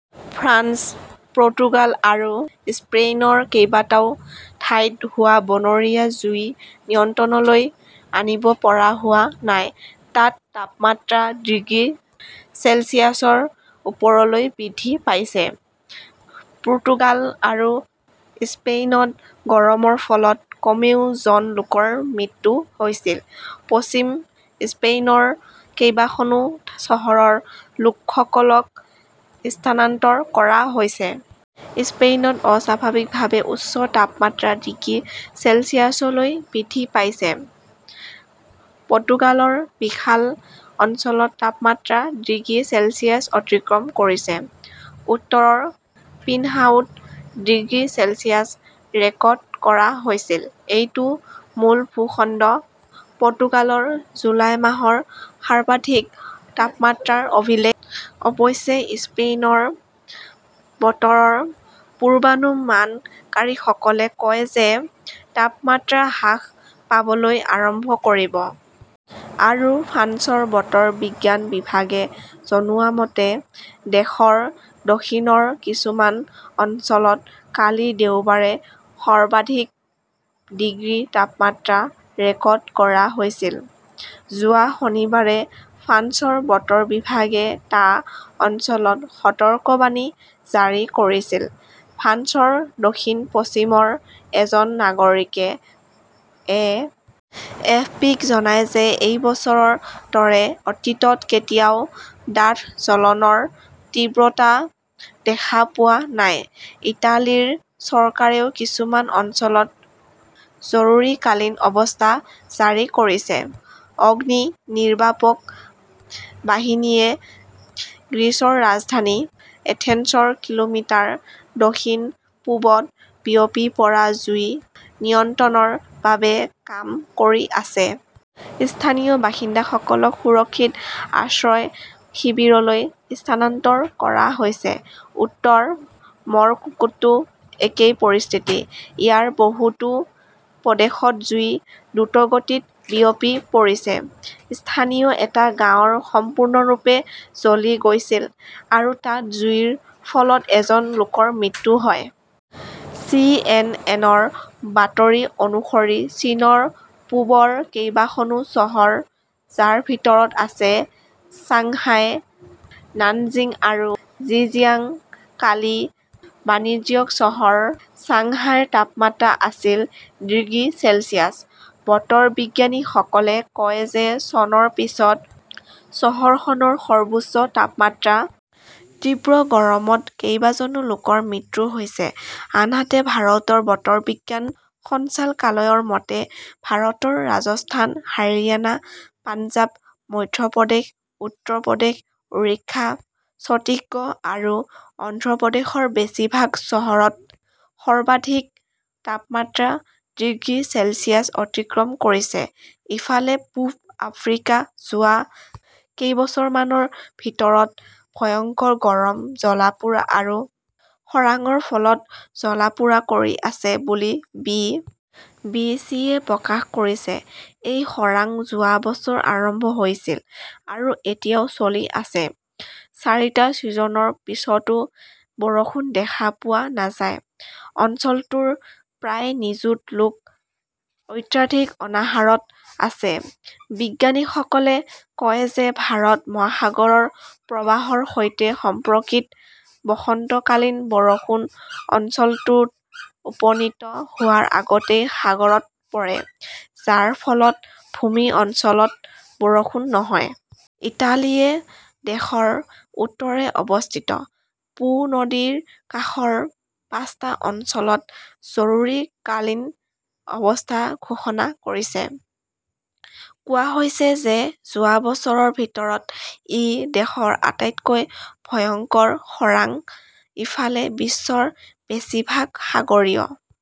France, Portugal আৰু স্পেইনৰ কেইবাটাও ঠাইত হোৱা বনৰীয়া জুই নিয়ন্ত্ৰণলৈ আনিব পৰা হোৱা নাই। তাত তাপমাত্ৰা ডিগ্ৰী চেলছিয়াছৰ ওপৰলৈ বৃদ্ধি পাইছে। পোৰ্টুগাল আৰু স্পেনত গৰমৰ ফলত কমেও জন লোকৰ মৃত্যু হৈছে। পশ্চিম স্পেইনৰ কেইবাখনো চহৰৰ লোকসকলক স্থানান্তৰ কৰা হৈছে। স্পেইনত অস্বাভাৱিকভাৱে উচ্চ তাপমাত্ৰা ডিগ্ৰী চেলছিয়াছলৈ বৃদ্ধি পাইছে। পৰ্তুগালৰ বিশাল অঞ্চলত তাপমাত্ৰা ডিগ্ৰী চেলছিয়াছ অতিক্ৰম কৰিছে। উত্তৰৰ পিনহাওত ডিগ্ৰী চেলছিয়াছ ৰেকৰ্ড কৰা হৈছিল। এইটো মূল ভূখণ্ড পৰ্তুগালৰ জুলাই মাহৰ সৰ্বাধিক তাপমাত্ৰাৰ অভিলেখ। অৱশ্যে, স্পেইনৰ বতৰৰ পূৰ্বানুমানকাৰীসকলে কয় যে তাপমাত্ৰা হ্ৰাস পাবলৈ আৰম্ভ কৰিব। আৰু ফ্ৰান্সৰ বতৰ বিজ্ঞান বিভাগে জনোৱা মতে, দেশৰ দক্ষিণৰ কিছুমান অঞ্চলত কালি দেওবাৰে সৰ্বাধিক ডিগ্ৰী তাপমাত্ৰা ৰেকৰ্ড কৰা হৈছিল। যোৱা শনিবাৰে ফ্ৰান্সৰ বতৰ বিভাগে টা অঞ্চলত সতৰ্কবাণী জাৰি কৰিছিল। ফ্ৰান্সৰ দক্ষিণ-পশ্চিমৰ এজন নাগৰিকে এ. এফ. পি. -ক জনায় যে এই বছৰৰ দৰে অতীতত কেতিয়াও ডাঠ জ্বলনৰ তীব্ৰতা দেখা পোৱা নাই। ইটালীৰ চৰকাৰেও কিছুমান অঞ্চলত জৰুৰীকালীন অৱস্থা জাৰি কৰিছে। অগ্নিনিৰ্বাপক বাহিনীয়ে গ্ৰীচৰ ৰাজধানী এথেন্সৰ কিলোমিটাৰ দক্ষিণ-পূবত বিয়পি পৰা জুই নিয়ন্ত্ৰণৰ বাবে কাম কৰি আছে। স্থানীয় বাসিন্দাসকলক সুৰক্ষিত আশ্ৰয় শিবিৰলৈ স্থানান্তৰ কৰা হৈছে। উত্তৰ মৰক্কোতো একেই পৰিস্থিতি। ইয়াৰ বহুতো প্ৰদেশত জুই দ্ৰুতগতিত বিয়পি পৰিছে। স্থানীয় এটা গাঁৱ সম্পূৰ্ণৰূপে জ্বলি গৈছিল। আৰু তাত জুইৰ ফলত এজন লোকৰ মৃত্যু হয়। চি. এন. এন. -ৰ বাতৰি অনুসৰি, চীনৰ পূবৰ কেইবাখনো চহৰ, যাৰ ভিতৰত আছে চাংহাই, নানজিং আৰু জিজিয়াং। কালি বাণিজ্যিক চহৰ চাংহাইৰ তাপমাত্ৰা আছিল ডিগ্ৰী চেলছিয়াছ। বতৰ বিজ্ঞানীসকলে কয় যে চনৰ পিছত চহৰখনৰ সৰ্বোচ্চ তাপমাত্ৰা। তীব্ৰ গৰমত কেইবাজনো লোকৰ মৃত্যুও হৈছে। আনহাতে ভাৰতৰ বতৰ বিজ্ঞান সঞ্চালকালয়ৰ মতে, ভাৰতৰ ৰাজস্থান, হাৰিয়ানা, পঞ্জাৱ, মধ্যপ্ৰদেশ, উত্তৰ প্ৰদেশ, উৰিষ্যা, ছত্তীশগড় আৰু অন্ধ্ৰ প্ৰদেশৰ বেছিভাগ চহৰত সৰ্বাধিক তাপমাত্ৰা ডিগ্ৰী চেলছিয়াছ অতিক্ৰম কৰিছে। ইফালে, পূব আফ্ৰিকা যোৱা কেইবছৰমানৰ ভিতৰত ভয়ংকৰ গৰম জ্বলা-পোৰা আৰু খৰাংৰ ফলত জ্বলা-পোৰা কৰি আছে বুলি বি. বি. চি. -য়ে প্ৰকাশ কৰিছে। এই খৰাং যোৱা বছৰ আৰম্ভ হৈছিল আৰু এতিয়াও চলি আছে। চাৰিটা ছিজনৰ পিছতো বৰষুণ দেখা পোৱা নাযায়। অঞ্চলটোৰ প্ৰায় নিযুত লোক অত্যাধিক অনাহাৰত আছে। বিজ্ঞানীসকলে কয় যে ভাৰত মহাসাগৰৰ প্ৰবাহৰ সৈতে সম্পৰ্কিত বসন্তকালীন বৰষুণ অঞ্চলটোত উপনীত হোৱাৰ আগতেই সাগৰত পৰে, যাৰ ফলত ভূমি অঞ্চলত বৰষুণ নহয়। ইটালীয়ে দেশৰ উত্তৰে অৱস্থিত 'পো "নদীৰ কাষৰ পাঁচটা অঞ্চলত জৰুৰীকালীন অৱস্থা ঘোষণা কৰিছে। কোৱা হৈছে যে যোৱা বছৰৰ ভিতৰত ই দেশৰ আটাইতকৈ ভয়ংকৰ খৰাং। ইফালে, বিশ্বৰ বেছিভাগ সাগৰীয়